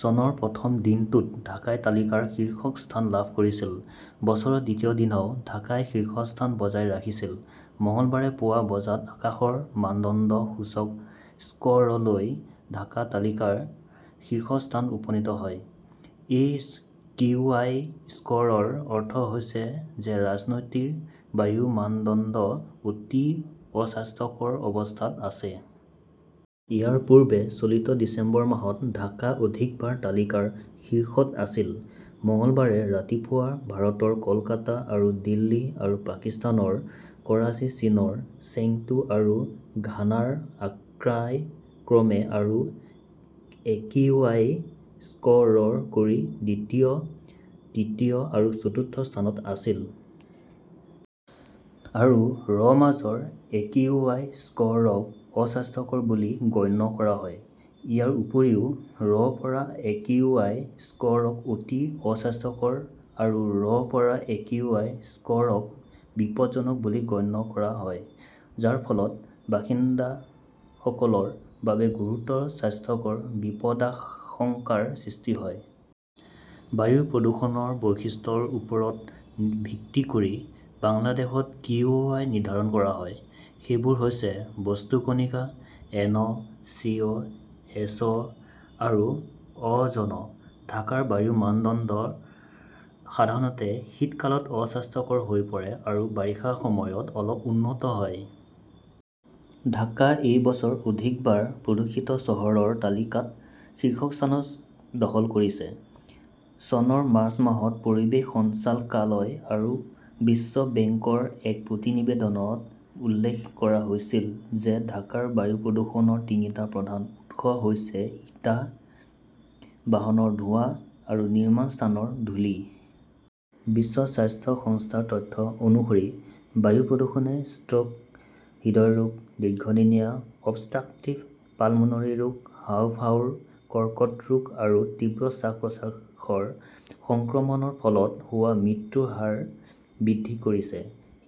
চনৰ প্ৰথম দিনটোত ঢাকাই তালিকাৰ শীৰ্ষত স্থান লাভ কৰিছিল। বছৰৰ দ্বিতীয় দিনাও ঢাকাই শীৰ্ষস্থান বজাই ৰাখিছিল। মঙলবাৰে পুৱা বজাত আকাশৰ মানদণ্ড সূচক স্ক "ৰ লৈ ঢাকা তালিকাৰ শীৰ্ষত উপনীত হয়। এই একিউআই স্ক "ৰৰ অৰ্থ হৈছে যে ৰাজধানীৰ বায়ুৰ মানদণ্ড" অতি অস্বাস্থ্যকৰ "অৱস্থাত আছে। ইয়াৰ পূৰ্বে চলিত ডিচেম্বৰ মাহত ঢাকা একাধিকবাৰ তালিকাৰ শীৰ্ষত আছিল। মঙলবাৰে ৰাতিপুৱা ভাৰতৰ কলকাতা আৰু দিল্লী আৰু পাকিস্তানৰ কৰাচী চীনৰ চেংটু আৰু ঘানাৰ আক্ৰাই ক্ৰমে আৰু একিউআই স্ক "ৰ কৰি দ্বিতীয়, তৃতীয় আৰু চতুৰ্থ স্থানত আছিল। আৰু ৰ মাজৰ একিউআই স্ক "ৰক" অস্বাস্থ্যকৰ "বুলি গণ্য কৰা হয়। ইয়াৰ উপৰিও, ৰ পৰা একিউআই স্ক "ৰক" অতি অস্বাস্থ্যকৰ "আৰু ৰ পৰা একিউআই স্ক" ৰক "বিপদজনক" বুলি গণ্য কৰা হয়, যাৰ ফলত বাসিন্দাসকলৰ বাবে গুৰুতৰ স্বাস্থ্যৰ বিপদাশংকাৰ সৃষ্টি হয়। প্ৰদূষণৰ পাঁচটা বৈশিষ্ট্যৰ ওপৰত ভিত্তি কৰি বাংলাদেশত একিউআই নিৰ্ধাৰণ কৰা হয়। সেইবোৰ হৈছে-বস্তু কণিকা, এনঅ ", চিঅ", এছঅ " আৰু অ" জন। ঢাকাৰ বায়ুৰ মানদণ্ড সাধাৰণতে শীতকালত অস্বাস্থ্যকৰ হৈ পৰে আৰু বাৰিষাৰ সময়ত অলপ উন্নত হয়। ঢাকা এই বছৰ একাধিকবাৰ প্ৰদূষিত চহৰৰ তালিকাত শীৰ্ষস্থান দখল কৰিছে। চনৰ মাৰ্চ মাহত পৰিৱেশ সঞ্চালকালয় আৰু বিশ্ব বেংকৰ এক প্ৰতিবেদনত উল্লেখ কৰা হৈছিল যে ঢাকাৰ বায়ু প্ৰদূষণৰ তিনিটা প্ৰধান উৎস হৈছে ইটা, বাহনৰ ধোঁৱা আৰু নিৰ্মাণ স্থানৰ ধূলি। বিশ্ব স্বাস্থ্য সংস্থাৰ তথ্য অনুসৰি, বায়ু প্ৰদূষণে ষ্ট্ৰোক, হৃদৰোগ, দীৰ্ঘদিনীয়া অবষ্ট্ৰাকটিভ পালমোনৰী ৰোগ, হাঁওফাঁওৰ কৰ্কট ৰোগ আৰু তীব্ৰ শ্বাস-প্ৰশ্বাসৰ সংক্ৰমণৰ ফলত হোৱা মৃত্যুৰ হাৰ বৃদ্ধি কৰিছে।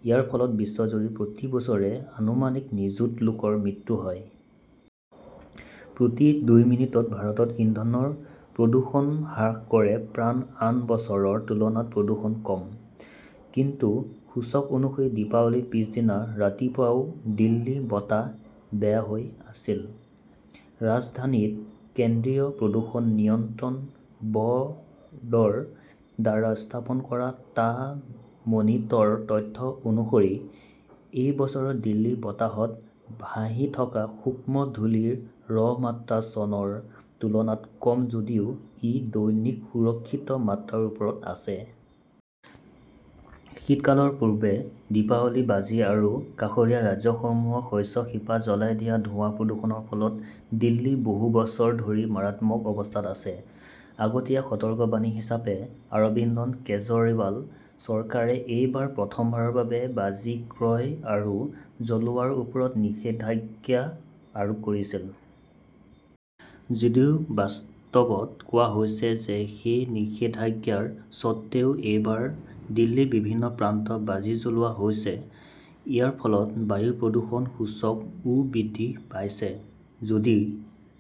ইয়াৰ ফলত বিশ্বজুৰি প্ৰতি বছৰে আনুমানিক নিযুত লোকৰ মৃত্যু হয়। প্ৰতি দুই মিনিটত ভাৰতত ইন্ধনৰ প্ৰদূষণ হ্ৰাস কৰে প্ৰাণ আন বছৰৰ তুলনাত প্ৰদূষণ কম। কিন্তু সূচক অনুসৰি দীপাৱলীৰ পিছদিনা ৰাতিপুৱাও দিল্লীৰ বতাহ 'বেয়া "হৈ আছিল। ৰাজধানীত কেন্দ্ৰীয় প্ৰদূষণ নিয়ন্ত্ৰণ ব "ৰ্ডৰ দ্বাৰা স্থাপন কৰা টা মনিটৰৰ তথ্য অনুসৰি, এই বছৰ দিল্লীৰ বতাহত ভাহি থকা সূক্ষ্ম ধূলি ৰ মাত্ৰা চনৰ তুলনাত কম যদিও ই দৈনিক সুৰক্ষিত মাত্ৰাৰ ওপৰত আছে। শীতকালৰ পূৰ্বে দীপাৱলীৰ বাজি আৰু কাষৰীয়া ৰাজ্যসমূহত শস্যৰ শিপা জ্বলাই দিয়া ধোঁৱাৰ প্ৰদূষণৰ ফলত দিল্লী বহু বছৰ ধৰি মাৰাত্মক অৱস্থাত আছে। আগতীয়া সতৰ্কবাণী হিচাপে, অৰবিন্দ কেজৰিৱাল চৰকাৰে এইবাৰ প্ৰথমবাৰৰ বাবে বাজি ক্ৰয় আৰু জ্বলোৱাৰ ওপৰত নিষেধাজ্ঞা আৰোপ কৰিছিল। যদিও বাস্তৱত কোৱা হৈছে যে সেই নিষেধাজ্ঞাৰ স্বত্বেও এইবাৰ দিল্লীৰ বিভিন্ন প্ৰান্তত বাজি জ্বলোৱা হৈছে। ইয়াৰ ফলত বায়ু প্ৰদূষণ সূচক ও বৃদ্ধি পাইছে। যদি